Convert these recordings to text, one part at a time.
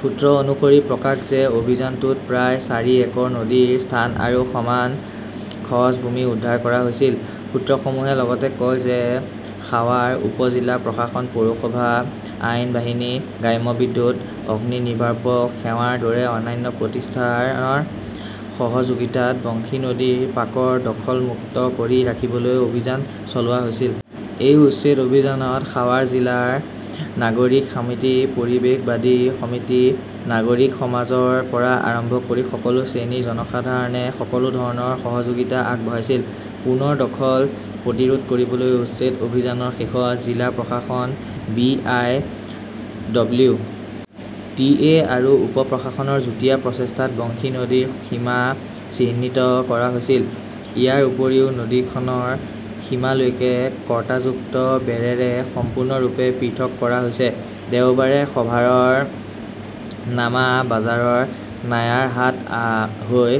সুত্ৰ অনুসৰি প্ৰকাশ যে, অভিযানটোত প্ৰায় চাৰি একৰ নদীৰ স্থান আৰু সমান খছ ভূমি উদ্ধাৰ কৰা হৈছিল। সূত্ৰসমূহে লগতে কয় যে সাৱাৰ উপ-জিলা প্ৰশাসন, পৌৰসভা, আইন বাহিনী, গ্ৰাম্য বিদ্যুৎ, অগ্নিনিৰ্বাপক সেৱাৰ দৰে অন্যান্য প্ৰতিষ্ঠানৰ সহযোগিতাত বংশী নদীৰ পাৰক দখল-মুক্ত কৰি ৰাখিবলৈ অভিযান চলোৱা হৈছিল। এই উচ্ছেদ অভিযানত সাৱাৰ জিলাৰ নাগৰিক সমিতি পৰিৱেশবাদী সমিতি, নাগৰিক সমাজৰ পৰা আৰম্ভ কৰি সকলো শ্ৰেণীৰ জনসাধাৰণে সকলো ধৰণৰ সহযোগিতা আগবঢ়াইছিল। পুনৰ দখল প্ৰতিৰোধ কৰিবলৈ উচ্ছেদ অভিযানৰ শেষত জিলা প্ৰশাসন, B. I. W. T. A. আৰু উপ-প্ৰশাসনৰ যুটীয়া প্ৰচেষ্টাত বংশী নদীৰ সীমা চিহ্নিত কৰা হৈছিল। ইয়াৰ উপৰিও নদীখনৰ সীমালৈকে কাঁটাযুক্ত বেৰেৰে সম্পূৰ্ণৰূপে পৃথক কৰা হৈছে। দেওবাৰে সাভাৰৰ নামাবাজাৰ, নায়াৰহাট হৈ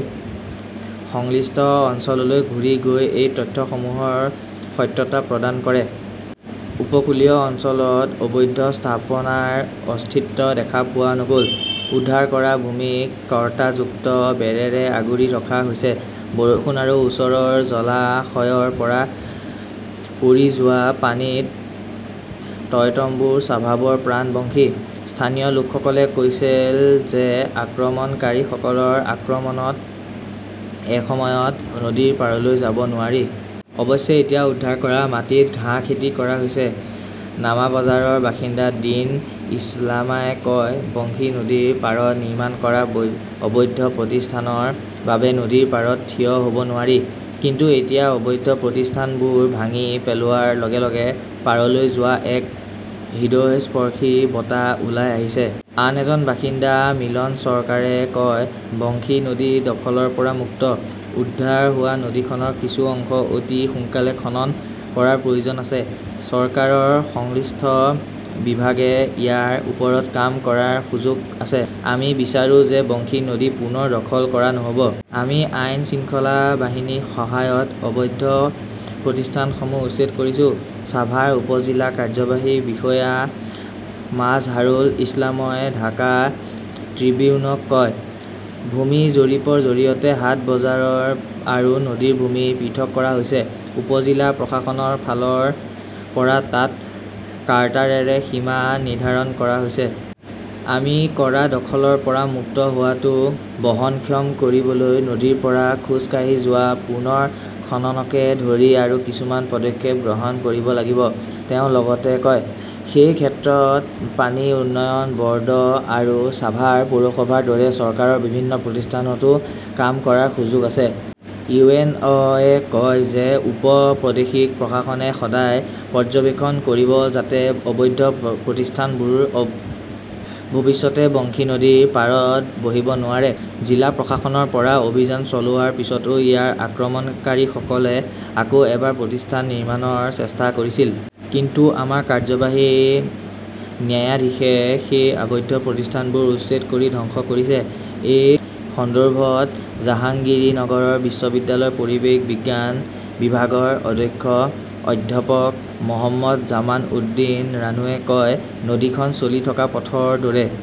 সংশ্লিষ্ট অঞ্চললৈ ঘূৰি গৈ এই তথ্যসমূহৰ সত্যতা প্ৰদান কৰে। উপকূলীয় অঞ্চলত অবৈধ স্থাপনাৰ অস্তিত্ব দেখা পোৱা নগ'ল। উদ্ধাৰ কৰা ভূমিক কাঁটাযুক্ত বেৰেৰে আগুৰি ৰখা হৈছে। বৰষুণ আৰু ওচৰৰ জলাশয়ৰ পৰা পৰি যোৱা পানীত টয়টমবুৰ চাভাৰৰ প্ৰাণ বংশী। স্থানীয় লোকসকলে কৈছিল যে আক্ৰমণকাৰীসকলৰ আক্ৰমণত এসময়ত নদীৰ পাৰলৈ যাব নোৱাৰি। অৱশ্যে, এতিয়া উদ্ধাৰ কৰা মাটিত ঘাঁহ খেতি কৰা হৈছে। নামাবাজাৰৰ বাসিন্দা দিন ইছলামই কয়, বংশী নদীৰ পাৰত নিৰ্মাণ কৰা অবৈধ প্ৰতিষ্ঠানৰ বাবে নদীৰ পাৰত থিয় হ'ব নোৱাৰি। কিন্তু এতিয়া অবৈধ প্ৰতিষ্ঠানবোৰ ভাঙি পেলোৱাৰ লগে লগে পাৰলৈ যোৱা এক হৃদয়স্পৰ্শী বতাহ ওলাই আহিছে। আন এজন বাসিন্দা মিলন চৰকাৰে কয়, বংশী নদী দখলৰ পৰা মুক্ত। উদ্ধাৰ হোৱা নদীখনৰ কিছু অংশ অতি সোনকালে খনন কৰাৰ প্ৰয়োজন আছে। চৰকাৰৰ সংশ্লিষ্ট বিভাগে ইয়াৰ ওপৰত কাম কৰাৰ সুযোগ আছে। আমি বিচাৰো যে বংশী নদী পুনৰ দখল কৰা নহ 'ব। আমি আইন-শৃংখলা বাহিনীৰ সহায়ত অবৈধ প্ৰতিষ্ঠানসমূহ উচ্ছেদ কৰিছো, ছাভাৰ উপ-জিলা কাৰ্যবাহী বিষয়া মাজহাৰুল ইছলামই ঢাকা ট্ৰিবিউনক কয়। ভূমি জৰীপৰ জৰিয়তে হাট-বজাৰ আৰু নদীৰ ভূমি পৃথক কৰা হৈছে। উপ-জিলা প্ৰশাসনৰ ফালৰ পৰা তাত কাঁটাৰেৰে সীমা নিৰ্ধাৰণ কৰা হৈছে। আমি কৰা দখলৰ পৰা মুক্ত হোৱাটো বহনক্ষম কৰিবলৈ নদীৰ পাৰত খোজকাঢ়ি যোৱা, পুনৰ খননকে ধৰি আৰু কিছুমান পদক্ষেপ গ্ৰহণ কৰিব লাগিব, তেওঁ লগতে কয়। সেই ক্ষেত্ৰত পানী উন্নয়ন ব'ৰ্ড আৰু ছাভাৰ পৌৰসভাৰ দৰে চৰকাৰৰ বিভিন্ন প্ৰতিষ্ঠানতো কাম কৰাৰ সুযোগ আছে। "ইউ. এন. অ". -য়ে কয় যে উপ-প্ৰাদেশিক প্ৰশাসনে সদায় পৰ্যবেক্ষণ কৰিব যাতে অবৈধ প্ৰতিষ্ঠানবোৰ ভৱিষ্যতে বংশী নদীৰ পাৰত বহিব নোৱাৰে। "জিলা প্ৰশাসনৰ পৰা অভিযান চলোৱাৰ পিছতো ইয়াত আক্ৰমণকাৰীসকলে আকৌ এবাৰ প্ৰতিষ্ঠান নিৰ্মাণৰ চেষ্টা কৰিছিল। কিন্তু আমাৰ কাৰ্যবাহী ন্যায়াধীশে সেই অবৈধ প্ৰতিষ্ঠানবোৰ উচ্ছেদ কৰি ধ্বংস কৰিছে। এই সন্দৰ্ভত জাহাংগীৰনগৰ বিশ্ববিদ্যালয়ৰ পৰিৱেশ বিজ্ঞান বিভাগৰ অধ্যক্ষ অধ্যাপক মহম্মদ জামাল উদ্দীন ৰানুৱে কয়, নদীখন চলি থকা পথৰ দৰে।